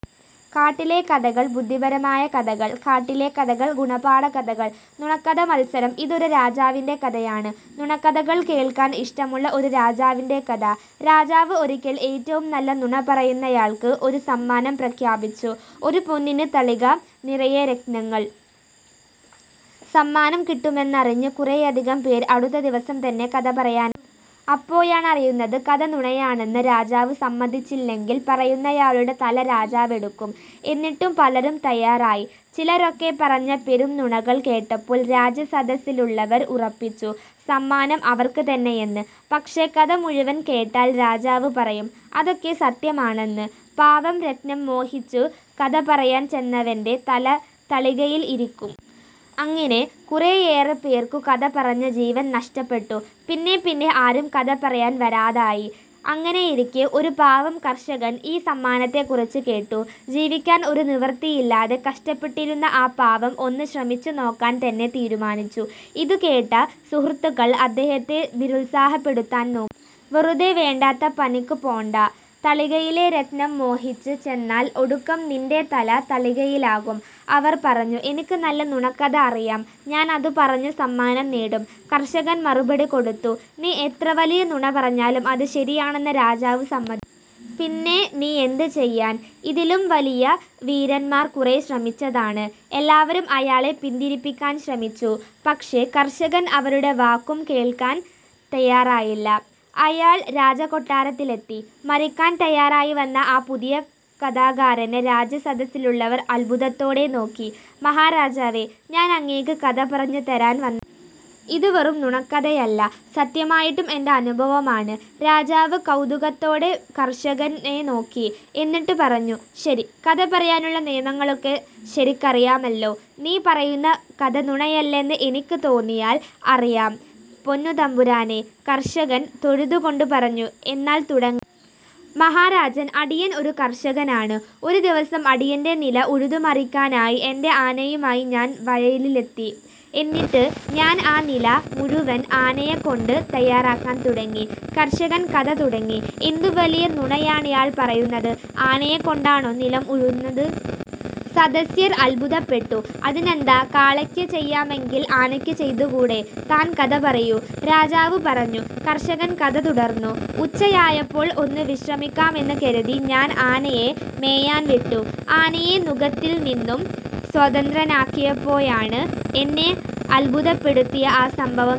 കാട്ടിലെ കഥകള് ബുദ്ധിപരമായ കഥകൾ കാട്ടിലെ കഥകള് ഗുണപാഠ കഥകള് നുണക്കഥമത്സരം ഇതൊരു രാജാവിന്റെ കഥയാണ്, നുണക്കഥകള് കേള്ക്കാന് ഇഷ്ടമുള്ള ഒരു രാജാവിന്റെ കഥ. രാജാവ് ഒരിക്കല് ഏറ്റവും നല്ല നുണ പറയുന്നയാള്ക്ക് ഒരു സമ്മാനം പ്രഖ്യാപിച്ചു ഒരു പൊന്നിന് തളിക നിറയെ രത്നങ്ങള്. സമ്മാനം കിട്ടുമെന്നറിഞ്ഞു കുറെയധികം പേര് അടുത്ത ദിവസം തന്നെ കഥ പറയാൻ അപ്പോഴാണറിയുന്നത്, കഥ നുണയാണെന്ന് രാജാവ് സമ്മതിച്ചില്ലെങ്കില് പറയുന്നയാളുടെ തല രാജാവെടുക്കും. എന്നിട്ടും പലരും തയ്യാറായി. ചിലരൊക്കെ പറഞ്ഞ പെരുംനുണകള് കേട്ടപ്പോള് രാജസദസ്സിലുള്ളവര് ഉറപ്പിച്ചു, സമ്മാനം അവര്ക്ക് തന്നെയെന്ന്. പക്ഷേ, കഥ മുഴുവന് കേട്ടാല് രാജാവ് പറയും, അതൊക്കെ സത്യമാണെന്ന്. പാവം രത്നം മോഹിച്ചു കഥ പറയാന് ചെന്നവന്റെ തല തളികയിൽ ഇരിക്കും. അങ്ങിനെ കുറേയേറെപ്പേര്ക്കു കഥ പറഞ്ഞ് ജീവന് നഷ്ടപ്പെട്ടു. പിന്നെ പിന്നെ ആരും കഥ പറയാൻ വരാതായി. അങ്ങിനെയിരിക്കെ ഒരു പാവം കര്ഷകന് ഈ സമ്മാനത്തെക്കുറിച്ച് കേട്ടു. ജീവിക്കാന് ഒരു നിവൃത്തിയില്ലാതെ കഷ്ട്പ്പെട്ടിരുന്ന ആ പാവം ഒന്നു ശ്രമിച്ചു നോക്കാന് തന്നെ തീരുമാനിച്ചു. ഇത് കേട്ട സുഹൃത്തുക്കള് അദ്ദേഹത്തെ നിരുത്സാഹപ്പെടുത്താന് നോക്കി. "വെറുതെ വേണ്ടാത്ത പനിക്ക് പോകേണ്ട. തളികയിലെ രത്നം മോഹിച്ചു ചെന്നാല് ഒടുക്കം നിന്റെ തല തളികയിലാകും" അവർ പറഞ്ഞു. "എനിക്കു നല്ല നുണക്കഥ അറിയാം. ഞാന് അത് പറഞ്ഞു സമ്മാനം നേടും" കര്ഷകന് മറുപടി കൊടുത്തു. "നീ എത്ര വലിയ നുണ പറഞ്ഞാലും അത് ശരിയാണെന്ന് രാജാവ് സമ്മ്തിക്കും. പിന്നെ നീ എന്തു ചെയ്യാന്? ഇതിലും വലിയ വീരന്മാർ കുറെ ശ്രമിച്ചതാണ്". എല്ലാവരും അയാളെ പിന്തിരിപ്പിക്കാന് ശ്രമിച്ചു. പക്ഷേ, കര്ഷകന് ആരുടെ വാക്കും കേള്ക്കാന് തയ്യാറായില്ല. അയാള് രാജകൊട്ടാരത്തിലെത്തി. മരിക്കാന് തയ്യാറായി വന്ന ആ പുതിയ കഥാകാരനെ രാജസദസ്സിലുള്ളവര് അത്ഭുതത്തോടെ നോക്കി. "മഹാരാജാവേ.. ഞാന് അങ്ങേക്ക് കഥ പറഞ്ഞു തരാന് വന്നതാണ്. ഇതും വെറും നുണക്കഥയാള. സത്യമായിട്ടും എന്റെ അനുഭവമാണ്. " രാജാവ് കൌതുകത്തോടെ കര്ഷകനെ നോക്കി. എന്നിട്ട് പറഞ്ഞു: "ശരി. കഥ പറയാനുള്ള നിയമങ്ങളൊക്കെ ശരിക്കറിയാമല്ലോ. നീ പറയുന്ന കഥ നുണയല്ലെന്ന് എനിക്കു തോന്നിയാല്... " "അറിയാം, പൊന്നുതമ്പുരാനെ... " കര്ഷകന് തൊഴുതു കൊണ്ട് പറഞ്ഞു. "എന്നാല് തുടങ്ങട്ടെ! " "മഹാരാജന്, അടിയന് ഒരു കര്ഷകനാണ്. ഒരു ദിവസം അടിയന്റെ നില ഉഴുതു മറിക്കാനായി എന്റെ ആനയുമായി ഞാന് വയലിലെത്തി. എന്നിട്ട് ഞാന് ആ നിലം മുഴുവന് ആനയെകൊണ്ട് തയ്യാറാക്കാന് തുടങ്ങി. " കര്ഷകന് കഥ തുടങ്ങി. "എന്തു വലിയ നുണയാണിയാള് പറയുന്നത്? ആനയെക്കൊണ്ടാണോ നിലം ഉഴുന്നത്?: സദസ്യര് അത്ഭുതപ്പെട്ടു. "അതിനെന്താ. കാളയ്ക്ക് ചെയ്യാമെങ്കില് ആനയ്ക്ക് ചെയ്തു കൂടെ? താന് കഥ പറയൂ. " രാജാവ് പറഞ്ഞു. കര്ഷകന് കഥ തുടര്ന്നു: "ഉച്ചയായപ്പോള് ഒന്നു വിശ്രമിക്കാമെന്ന് കരുതി ഞാന് ആനയെ മേയാന് വിട്ടു. ആനയെ നുകത്തില് നിന്നും സ്വതന്ത്രനാക്കിയപ്പോഴാണ് എന്നെ അത്ഭുതപ്പെടുത്തിയ ആ സംഭവം നടന്നത്.